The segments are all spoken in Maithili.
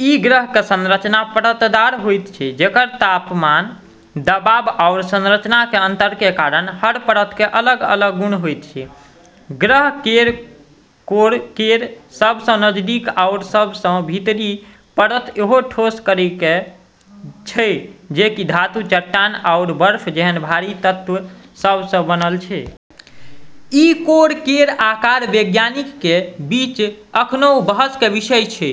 एहि ग्रहके संरचना परतदार होइत छै, जेकर तापमान, दबाव आओर संरचनाके अंतरके कारण हर परतके अलग-अलग गुण होइत छै। ग्रह केर कोर केर सबसँ नजदीकी आओर सबसँ भीतरी परत एगो ठोस कोरके छै जे कि धातु, चट्टान, आओर बर्फ जेहन भारी तत्व सबसँ बनल छै। ई कोर केर आकार वैज्ञानिकके बीच अखनऊ बहसके विषय छै,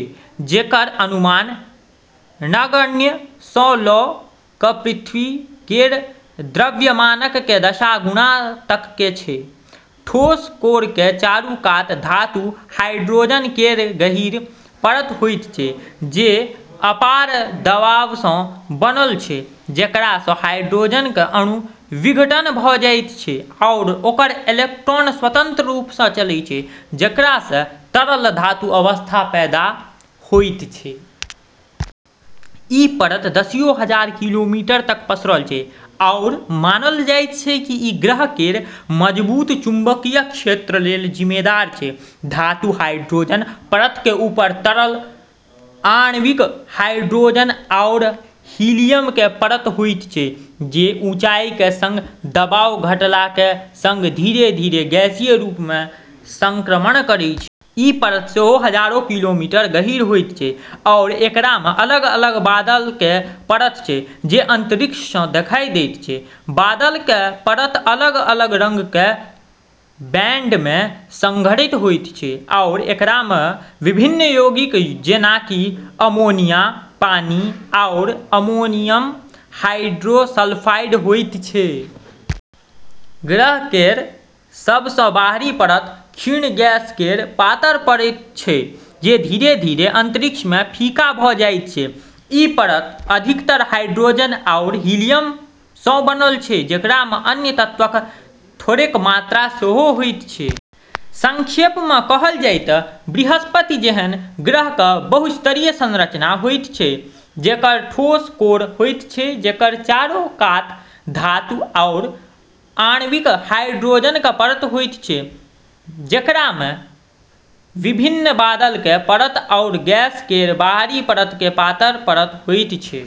जेकर अनुमान नगण्य स' ल' क' पृथ्वी केर द्रव्यमानके दश गुना तकके छै। ठोस कोरके चारू कात धातु हाइड्रोजन केर गहीँर परत होइत छै, जे अपार दबावसँ बनल छै जेकरासँ हाइड्रोजनके अणु विघटन भ' जाइत छै आओर ओकर इलेक्ट्रॉन स्वतंत्र रूपसँ चलै छै, जेकरासँ तरल धातु अवस्था पैदा होइत छै। ई परत दसियों हजार किलोमीटर तक पसरल छै आओर मानल जाइत छै कि ई ग्रह केर मजबूत चुंबकीय क्षेत्र लेल जिम्मेदार छै। धातु हाइड्रोजन परतके ऊपर तरल आणविक हाइड्रोजन आओर हीलियमके परत होइत छै, जे ऊंचाइके सङ्ग दबाव घटलाके सङ्ग धीरे-धीरे गैसीय रूपमे संक्रमण करै छै। ई परत सेहो हजारों किलोमीटर गहीँर होइत छै आओर एकरामे अलग-अलग बादलके परत छै जे अंतरिक्षसँ देखाइ दैत छै। बादलके परत अलग-अलग रङ्गके बैंडमे संगठित होइत छै आओर एकरामे विभिन्न यौगिक जेना कि अमोनिया, पानी, आओर अमोनियम हाइड्रोसल्फाइड होइत छै। ग्रह केर सबसँ बाहरी परत पर क्षीण गैस केर पातर परत छै जे धीरे-धीरे अंतरिक्षमे फीका भ' जाइत छै। ई परत अधिकतर हाइड्रोजन आओर हीलियमसँ बनल छै, जेकरामे अन्य तत्वक थोड़ेक मात्रा सेहो होइत छै। संक्षेपमे कहल जाइ त' बृहस्पति जेहन ग्रहके बहुस्तरीय संरचना होइत छै जेकर ठोस कोर होइत छै, जेकर चारो कात धातु आओर आणविक हाइड्रोजनके परत होइत छै, जेकरामे विभिन्न बादलके परत आओर गैस केर बाहरी परतके पातर परत होइत छै।